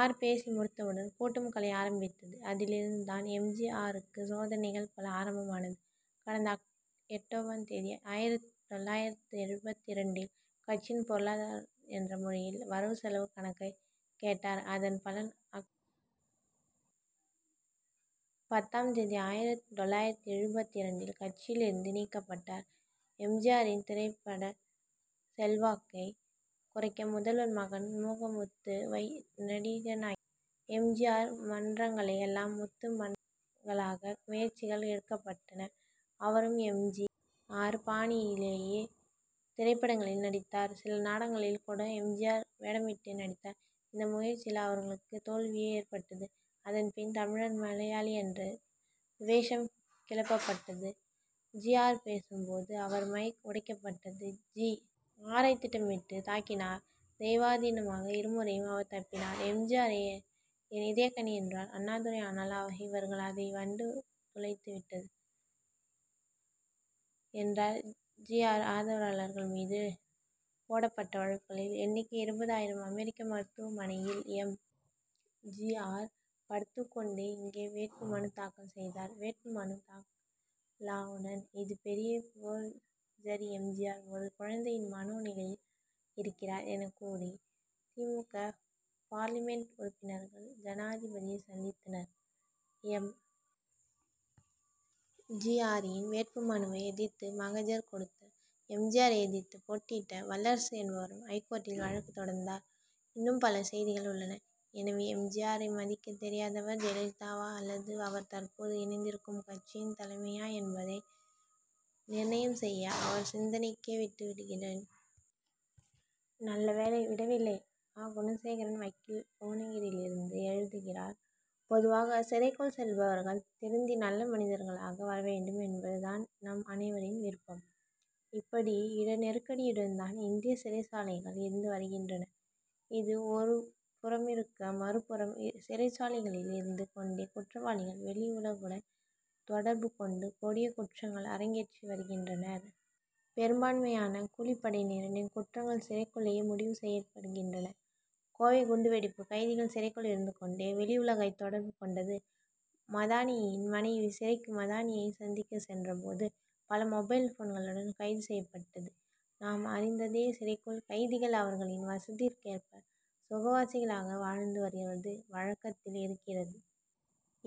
R. பேசி முடித்தவுடன் கூட்டம் கலைய ஆரம்பித்தது. அதிலிருந்துதான் எம். ஜி. ஆருக்கு சோதனைகள் பல ஆரம்பம் ஆனது. கடந்த அக். எட்டாம் தேதி ஆயிரத்து தொள்ளாயிரத்து எழுபத்து இரண்டில் கட்சியின் பொருளாளர் என்ற முறையில் வரவு செலவு கணக்கை கேட்டார். அதன் பலன் அக். பத்தாம் தேதி ஆயிரத்து தொள்ளாயிரத்து எழுபத்து இரண்டில் கட்சியிலிருந்து நீக்கப்பட்டார். எம். ஜி. ஆரின் திரைப்பட செல்வாக்கை குறைக்க முதல்வர் மகன் மு. க. முத்து வை நடிகனாக்கி எம். ஜி. ஆர். மன்றங்களை எல்லாம் முத்து மன்றங்களாக்க முயற்சிகள் எடுக்கப்பட்டன. அவரும் எம். ஜி. ஆர். பாணியிலேயே சில திரைப்படங்களில் நடித்தார். சில நாடகங்களில் கூட எம். ஜி. ஆர். வேடமிட்டே நடித்தார். இந்த முயற்சியில் அவர்களுக்கு தோல்வியே ஏற்பட்டது. அதன் பின் தமிழர் மலையாளி என்ற துவேஷம் கிளப்பப்பட்டது. ஜி. ஆர். பேசும் போது அவர் மைக் உடைக்கப்பட்டது. ஜி. ஆரை திட்டமிட்டு தாக்கினர். தெய்வாதீனமாக இருமுறையும் அவர் தப்பினார். எம். ஜி. ஆரை என் இதயக்கனி என்றார் அண்ணாதுரை. ஆனால் இவர்கள் அதை வண்டு துளைத்து விட்டது என்றனர். ஜி. ஆர். ஆதரவாளர்கள் மீது போடப் பட்ட வழக்குகளின் எண்ணிக்கை இருபது ஆயிரம். அமெரிக்க மருத்துவ மனையில் எம். ஜி. ஆர். படுத்துக் கொண்டே இங்கே வேட்பு மனு தாக்கல் செய்தார். வேட்பு மனு தாக்கலானவுடன் இது பெரிய போர்ஜரி எம். ஜி. ஆர். ஒரு குழந்தையின் மனோ நிலையில் இருக்கிறார் எனக் கூறி தி. மு. க. பார்லிமென்ட் உறுப்பினர்கள் ஜனாதிபதியை சந்தித்தனர். எம். ஜி. ஆரின் வேட்பு மனுவை எதிர்த்து மகஜர் கொடுத்தனர். எம். ஜி. ஆரை எதிர்த்து போட்டியிட்ட வல்லரசு என்பவரும் ஐகோர்ட்டில் வழக்கு தொடர்ந்தார். இன்னும் பல செய்திகள் உள்ளன. எனவே எம். ஜி. ஆரை மதிக்கத் தெரியாதவர் ஜெயலலிதாவா அல்லது அவர் தற்போது இணைந்திருக்கும் கட்சியின் தலைமையா என்பதை நிர்ணயம் செய்ய அவர் சிந்தனைக்கே விட்டு விடுகிறேன். நல்ல வேளை விடவில்லை! அ. குணசேகரன் வக்கீல் புவனகிரியிலிருந்து எழுதுகிறார் பொதுவாக சிறைக்குள் செல்பவர்கள் திருந்தி நல்ல மனிதர் களாக வரவேண்டும் என்பது தான் நம் அனைவரின் விருப்பம். இப்படி இட நெருக்கடியுடன் தான் இந்திய சிறைச் சாலைகள் இருந்து வருகின்றன. இது ஒருபுறமிருக்க மறுபுறம் சிறைச்சாலைகளில் இருந்து கொண்டே குற்றவாளிகள் வெளி உலகுடன் தொடர்பு கொண்டு கொடியக் குற்றங்கள் அரங்கேற்றி வருகின்றனர். பெரும்பான்மையான கூலிப்படையினரின் குற்றங்கள் சிறைக்குள்ளேயே முடிவு செய்யப்படுகின்றன. கோவை குண்டு வெடிப்பு கைதிகள் சிறைக்குள் இருந்து கொண்டே வெளி உலகை தொடர்பு கொண்டது மதானியின் மனைவி சிறைக்கு மதானியை சந்திக்க சென்ற போது பல மொபைல் போன்களுடன் கைது செய்யப்பட்டது நாம் அறிந்ததே. சிறைக்குள் கைதிகள் அவர்களின் வசதிக்கேற்ப சுகவாசிகளாக வாழ்ந்து வருவது வழக்கத்தில் இருக்கிறது.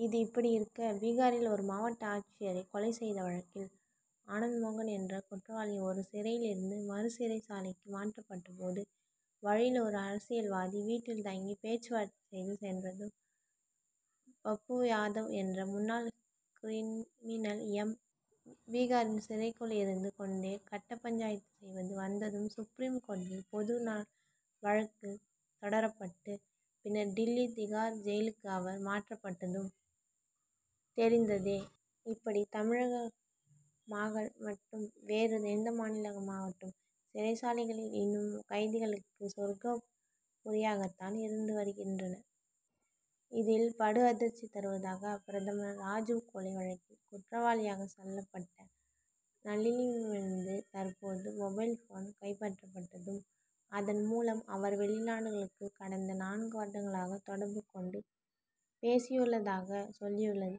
இது இப்படி இருக்க பீகாரில் ஒரு மாவட்ட ஆட்சியரை கொலை செய்த வழக்கில் ஆனந்த் மோகன் என்ற குற்றவாளி ஒரு சிறையிலிருந்து மறு சிறைச் சாலைக்கு மாற்றப்பட்ட போது வழியில் ஒரு அரசியல்வாதி வீட்டில் தங்கி பேச்சு வார்த்தை செய்து சென்றதும் பப்பு யாதவ் என்ற முன்னாள் கிரிமினல் எம். பி. பீகாரில் சிறைக்குள் இருந்து கொண்டே கட்ட பஞ்சாயத்து செய்து வந்ததும் சுப்ரீம் கோர்ட்டில் பொது நலவழக்கு தொடரப்பட்டு பின்னர் டில்லி திகார் ஜெயிலுக்கு அவர் மாற்றப்பட்டதும் தெரிந்ததே! இப்படி தமிழகமாகட்டும் வேறு எந்த மாநிலமாகட்டும் சிறைச்சாலைகள் இன்னும் கைதிகளுக்கு சொர்க்க புரியாகத்தான் இருந்து வருகின்றன. இதில் படு அதிர்ச்சி தருவதாக பிரதமர் ராஜிவ் கொலை வழக்கில் குற்றவாளியாக சொல்லப்பட்ட நளினியிடமிருந்து தற்போது மொபைல்போன் கைப்பற்றப்பட்டதும் அதன்மூலம் அவர் வெளிநாடுகளுக்கு கடந்த நான்கு வருடங்களாக தொடர்பு கொண்டு பேசியுள்ளதாகச் சொல்லியுள்ளது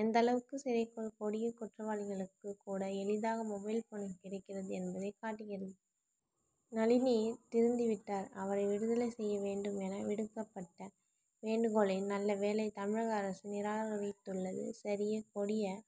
எந்தளவுக்கு சிறைக்குள் கொடியக் குற்றவாளிகளுக்குக் கூட எளிதாக மொபைல்போன் கிடைக்கிறது என்பதை காட்டுகிறது. நளினி திருந்திவிட்டார் அவரை விடுதலை செய்ய வேண்டும் என விடுக்கப்பட்ட வேண்டுகோளை நல்லவேளை தமிழக அரசு நிராகரித்துள்ளது சரியே. கொடியக்